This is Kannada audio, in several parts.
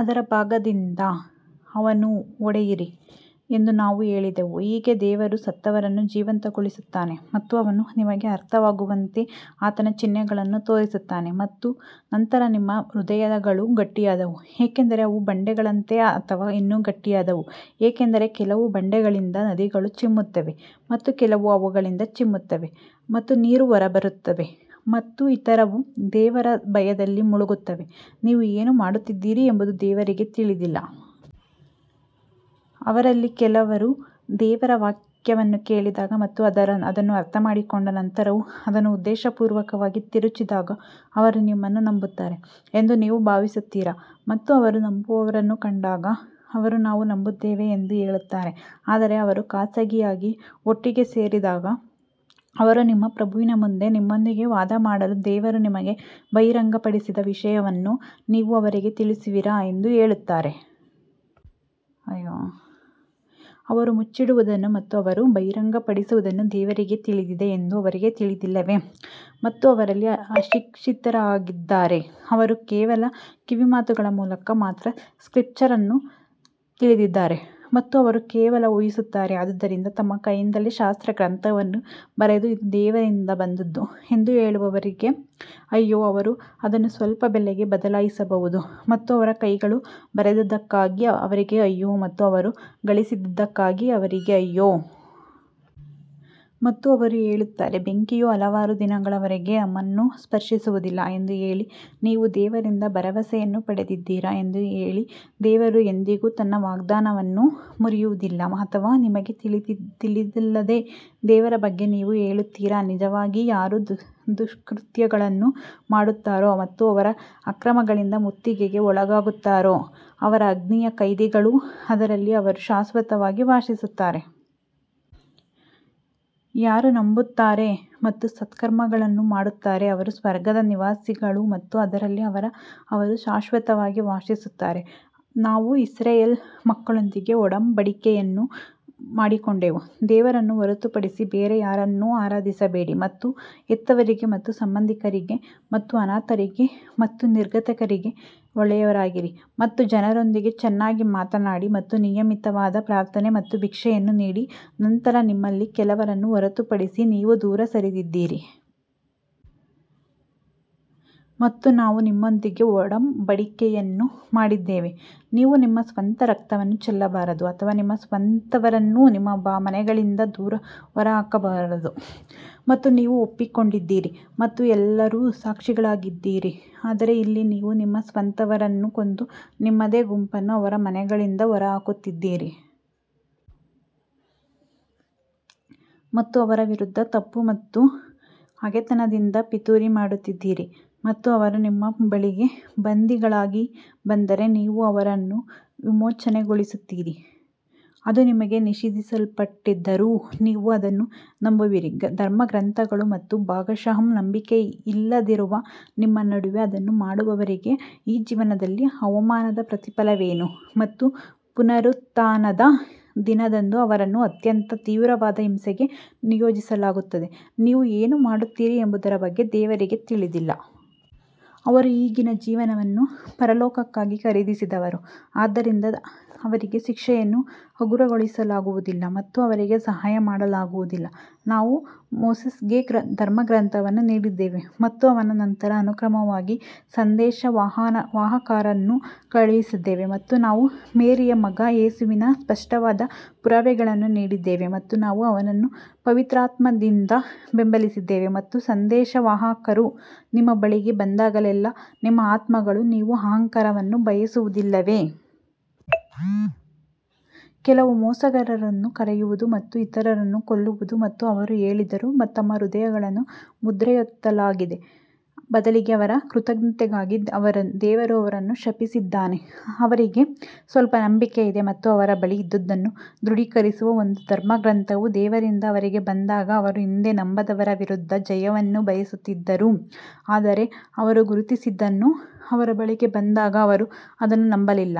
ಅದರ ಭಾಗದಿಂದ ಅವನನ್ನು ಹೊಡೆಯಿರಿ ಎಂದು ನಾವು ಹೇಳಿದೆವು ಹೀಗೆ ದೇವರು ಸತ್ತವರನ್ನು ಜೀವಂತಗೊಳಿಸುತ್ತಾನೆ ಮತ್ತು ಅವನು ನಿಮಗೆ ಅರ್ಥವಾಗುವಂತೆ ಆತನ ಚಿಹ್ನೆಗಳನ್ನು ತೋರಿಸುತ್ತಾನೆ ನಂತರ ನಿಮ್ಮ ಹೃದಯಗಳು ಗಟ್ಟಿಯಾದವು, ಏಕೆಂದರೆ ಅವು ಬಂಡೆಗಳಂತೆ ಅಥವಾ ಇನ್ನೂ ಗಟ್ಟಿಯಾದವು ಏಕೆಂದರೆ ಕೆಲವು ಬಂಡೆಗಳಿಂದ ನದಿಗಳು ಚಿಮ್ಮುತ್ತವೆ ಮತ್ತು ಕೆಲವು ಅವುಗಳಿಂದ ಚಿಮ್ಮುತ್ತವೆ ಮತ್ತು ನೀರು ಹೊರಬರುತ್ತವೆ ಮತ್ತು ಇತರವು ದೇವರ ಭಯದಲ್ಲಿ ಮುಳುಗುತ್ತವೆ, ನೀವು ಏನು ಮಾಡುತ್ತಿದ್ದೀರಿ ಎಂಬುದು ದೇವರಿಗೆ ತಿಳಿದಿಲ್ಲ. ಅವರಲ್ಲಿ ಕೆಲವರು ದೇವರ ವಾಕ್ಯವನ್ನು ಕೇಳಿದಾಗ ಮತ್ತು ಅದನ್ನು ಅರ್ಥಮಾಡಿಕೊಂಡ ನಂತರವೂ ಅದನ್ನು ಉದ್ದೇಶಪೂರ್ವಕವಾಗಿ ತಿರುಚಿದಾಗ ಅವರು ನಿಮ್ಮನ್ನು ನಂಬುತ್ತಾರೆ ಎಂದು ನೀವು ಭಾವಿಸುತ್ತೀರಾ? ಮತ್ತು ಅವರು ನಂಬುವವರನ್ನು ಕಂಡಾಗ ಅವರು ನಾವು ನಂಬುತ್ತೇವೆ ಎಂದು ಹೇಳುತ್ತಾರೆ ಆದರೆ ಅವರು ಖಾಸಗಿಯಾಗಿ ಒಟ್ಟಿಗೆ ಸೇರಿದಾಗ ಅವರು ನಿಮ್ಮ ಪ್ರಭುವಿನ ಮುಂದೆ ನಿಮ್ಮೊಂದಿಗೆ ವಾದಮಾಡಲು ದೇವರು ನಿಮಗೆ ಬಹಿರಂಗಪಡಿಸಿದ ವಿಷಯವನ್ನು ನೀವು ಅವರಿಗೆ ತಿಳಿಸುವಿರಾ ಎಂದು ಹೇಳುತ್ತಾರೆ. ಅವರು ಮುಚ್ಚಿಡುವುದನ್ನು ಮತ್ತು ಅವರು ಬಹಿರಂಗಪಡಿಸುವುದನ್ನು ದೇವರಿಗೆ ತಿಳಿದಿದೆ ಎಂದು ಅವರಿಗೆ ತಿಳಿದಿಲ್ಲವೇ? ಮತ್ತು ಅವರಲ್ಲಿ ಅಶಿಕ್ಷಿತರಿದ್ದಾರೆ, ಅವರು ಕೇವಲ ಕಿವಿಮಾತುಗಳ ಮೂಲಕ ಮಾತ್ರ ಸ್ಕ್ರಿಪ್ಚರ್ ಅನ್ನು ತಿಳಿದಿದ್ದಾರೆ ಮತ್ತು ಅವರು ಕೇವಲ ಊಹಿಸುತ್ತಾರೆ ಆದುದರಿಂದ ತಮ್ಮ ಕೈಯಿಂದಲೇ ಶಾಸ್ತ್ರಗ್ರಂಥವನ್ನು ಬರೆದು ಇದು ದೇವರಿಂದ ಬಂದದ್ದು ಎಂದು ಹೇಳುವವರಿಗೆ ಅಯ್ಯೋ, ಅವರು ಅದನ್ನು ಸ್ವಲ್ಪ ಬೆಲೆಗೆ ಬದಲಾಯಿಸಬಹುದು ಮತ್ತು ಅವರ ಕೈಗಳು ಬರೆದದ್ದಕ್ಕಾಗಿ ಅವರಿಗೆ ಅಯ್ಯೋ ಮತ್ತು ಅವರು ಗಳಿಸಿದ್ದಕ್ಕಾಗಿ ಅವರಿಗೆ ಅಯ್ಯೋ. ಮತ್ತು ಅವರು ಹೇಳುತ್ತಾರೆ ಬೆಂಕಿಯು ಹಲವಾರು ದಿನಗಳವರೆಗೆ ನಮ್ಮನ್ನು ಸ್ಪರ್ಶಿಸುವುದಿಲ್ಲ ಎಂದು ಹೇಳಿ, ನೀವು ದೇವರಿಂದ ಭರವಸೆಯನ್ನು ಪಡೆದಿದ್ದೀರಾ ಎಂದು ಹೇಳಿ, ದೇವರು ಎಂದಿಗೂ ತನ್ನ ವಾಗ್ದಾನವನ್ನು ಮುರಿಯುವುದಿಲ್ಲ ಅಥವಾ ನಿಮಗೆ ತಿಳಿದಿಲ್ಲದ ದೇವರ ಬಗ್ಗೆ ನೀವು ಹೇಳುತ್ತೀರಾ? ನಿಜವಾಗಿ ಯಾರು ದುಷ್ಕೃತ್ಯಗಳನ್ನು ಮಾಡುತ್ತಾರೋ ಮತ್ತು ಅವರ ಅಕ್ರಮಗಳಿಂದ ಮುತ್ತಿಗೆಗೆ ಒಳಗಾಗುತ್ತಾರೋ ಅವರು ಅಗ್ನಿಯ ಕೈದಿಗಳು ಅದರಲ್ಲಿ ಅವರು ಶಾಶ್ವತವಾಗಿ ವಾಸಿಸುತ್ತಾರೆ. ಯಾರು ನಂಬುತ್ತಾರೆ ಮತ್ತು ಸತ್ಕರ್ಮಗಳನ್ನು ಮಾಡುತ್ತಾರೆ, ಅವರು ಸ್ವರ್ಗದ ನಿವಾಸಿಗಳು ಮತ್ತು ಅದರಲ್ಲಿ ಅವರು ಶಾಶ್ವತವಾಗಿ ವಾಸಿಸುತ್ತಾರೆ. ನಾವು ಇಸ್ರಾಯೇಲ್ ಮಕ್ಕಳೊಂದಿಗೆ ಒಡಂಬಡಿಕೆಯನ್ನು ಮಾಡಿಕೊಂಡೆವು ದೇವರನ್ನು ಹೊರತುಪಡಿಸಿ ಬೇರೆ ಯಾರನ್ನೂ ಆರಾಧಿಸಬೇಡಿ ಮತ್ತು ಹೆತ್ತವರಿಗೆ ಮತ್ತು ಸಂಬಂಧಿಕರಿಗೆ ಮತ್ತು ಅನಾಥರಿಗೆ ಮತ್ತು ನಿರ್ಗತಿಕರಿಗೆ ಒಳ್ಳೆಯವರಾಗಿರಿ ಮತ್ತು ಜನರೊಂದಿಗೆ ಚೆನ್ನಾಗಿ ಮಾತನಾಡಿ ಮತ್ತು ನಿಯಮಿತವಾಗಿ ಪ್ರಾರ್ಥನೆ ಮತ್ತು ಭಿಕ್ಷೆಯನ್ನು ನೀಡಿ ನಂತರ ನಿಮ್ಮಲ್ಲಿ ಕೆಲವರನ್ನು ಹೊರತುಪಡಿಸಿ ನೀವು ದೂರ ಸರಿದಿದ್ದೀರಿ. ಮತ್ತು ನಾವು ನಿಮ್ಮೊಂದಿಗೆ ಒಡಂಬಡಿಕೆಯನ್ನು ಮಾಡಿದ್ದೇವೆ, ನೀವು ನಿಮ್ಮ ಸ್ವಂತ ರಕ್ತವನ್ನು ಚೆಲ್ಲಬಾರದು ಅಥವಾ ನಿಮ್ಮ ಸ್ವಂತವರನ್ನು ನಿಮ್ಮ ಮನೆಗಳಿಂದ ಹೊರಹಾಕಬಾರದು ಮತ್ತು ನೀವು ಒಪ್ಪಿಕೊಂಡಿದ್ದೀರಿ ಮತ್ತು ಎಲ್ಲರೂ ಸಾಕ್ಷಿಗಳಾಗಿದ್ದೀರಿ. ಆದರೆ ಇಲ್ಲಿ ನೀವು ನಿಮ್ಮ ಸ್ವಂತವರನ್ನು ಕೊಂದು ನಿಮ್ಮದೇ ಗುಂಪನ್ನು ಅವರ ಮನೆಗಳಿಂದ ಹೊರಹಾಕುತ್ತಿದ್ದೀರಿ ಮತ್ತು ಅವರ ವಿರುದ್ಧ ತಪ್ಪು ಮತ್ತು ಹಗೆತನದಿಂದ ಪಿತೂರಿ ಮಾಡುತ್ತಿದ್ದೀರಿ ಮತ್ತು ಅವರು ನಿಮ್ಮ ಬಳಿಗೆ ಬಂದಿಗಳಾಗಿ ಬಂದರೆ ನೀವು ಅವರನ್ನು ವಿಮೋಚನೆಗೊಳಿಸುತ್ತೀರಿ ಅದು ನಿಮಗೆ ನಿಷೇಧಿಸಲ್ಪಟ್ಟಿದ್ದರೂ ನೀವು ಅದನ್ನು ನಂಬುವಿರಿ ಧರ್ಮಗ್ರಂಥಗಳು ಮತ್ತು ಭಾಗಶಃ ನಂಬಿಕೆಯಿಲ್ಲದಿರುವ ನಿಮ್ಮ ನಡುವೆ ಅದನ್ನು ಮಾಡುವವರಿಗೆ ಈ ಜೀವನದಲ್ಲಿ ಅವಮಾನದ ಪ್ರತಿಫಲವೇನು ಮತ್ತು ಪುನರುತ್ಥಾನದ ದಿನದಂದು ಅವರನ್ನು ಅತ್ಯಂತ ತೀವ್ರವಾದ ಹಿಂಸೆಗೆ ನಿಯೋಜಿಸಲಾಗುತ್ತದೆ ನೀವು ಏನು ಮಾಡುತ್ತೀರಿ ಎಂಬುದರ ಬಗ್ಗೆ ದೇವರಿಗೆ ತಿಳಿದಿಲ್ಲ. ಅವರು ಈಗಿನ ಜೀವನವನ್ನು ಪರಲೋಕಕ್ಕಾಗಿ ಖರೀದಿಸಿದವರು, ಆದ್ದರಿಂದ ಅವರಿಗೆ ಶಿಕ್ಷೆಯನ್ನು ಹಗುರಗೊಳಿಸಲಾಗುವುದಿಲ್ಲ ಮತ್ತು ಅವರಿಗೆ ಸಹಾಯ ಮಾಡಲಾಗುವುದಿಲ್ಲ ನಾವು ಮೋಸೆಸ್ಗೆ ಧರ್ಮಗ್ರಂಥವನ್ನು ನೀಡಿದ್ದೇವೆ ಮತ್ತು ಅವನ ನಂತರ ಅನುಕ್ರಮವಾಗಿ ಸಂದೇಶವಾಹಕರನ್ನು ಕಳುಹಿಸಿದ್ದೇವೆ ಮತ್ತು ನಾವು ಮೇರಿಯ ಮಗ ಯೇಸುವಿಗೆ ಸ್ಪಷ್ಟವಾದ ಪುರಾವೆಗಳನ್ನು ನೀಡಿದ್ದೇವೆ ಮತ್ತು ನಾವು ಅವನನ್ನು ಪವಿತ್ರಾತ್ಮದಿಂದ ಬೆಂಬಲಿಸಿದ್ದೇವೆ ಮತ್ತು ಸಂದೇಶವಾಹಕರು ನಿಮ್ಮ ಬಳಿಗೆ ಬಂದಾಗಲೆಲ್ಲಾ ನಿಮ್ಮ ಆತ್ಮಗಳು ನೀವು ಅಹಂಕಾರವನ್ನು ಬಯಸುವುದಿಲ್ಲವೇ? ಕೆಲವು ಮೋಸಗಾರರನ್ನು ಕರೆಯುವುದು ಮತ್ತು ಇತರರನ್ನು ಕೊಲ್ಲುವುದು ಮತ್ತು ಅವರು ಹೇಳಿದರು ನಮ್ಮ ಹೃದಯಗಳು ಮುದ್ರೆಯೊತ್ತಲಾಗಿದೆ ಬದಲಿಗೆ ಅವರ ಕೃತಘ್ನತೆಗಾಗಿ ದೇವರು ಅವರನ್ನು ಶಪಿಸಿದ್ದಾನೆ ಅವರಿಗೆ ಸ್ವಲ್ಪ ನಂಬಿಕೆ ಇದೆ ಮತ್ತು ಅವರ ಬಳಿ ಇದ್ದುದನ್ನು ದೃಢೀಕರಿಸುವ ಒಂದು ಧರ್ಮಗ್ರಂಥವು ದೇವರಿಂದ ಅವರಿಗೆ ಬಂದಾಗ ಅವರು ಹಿಂದೆ ನಂಬದವರ ವಿರುದ್ಧ ಜಯವನ್ನು ಬಯಸುತ್ತಿದ್ದರೂ, ಆದರೆ ಅವರು ಗುರುತಿಸಿದ್ದನ್ನು ಅವರ ಬಳಿಗೆ ಬಂದಾಗ ಅವರು ಅದನ್ನು ನಂಬಲಿಲ್ಲ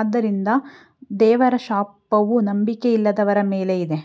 ಆದ್ದರಿಂದ ದೇವರ ಶಾಪವು ನಂಬಿಕೆಯಿಲ್ಲದವರ ಮೇಲೆ ಇದೆ.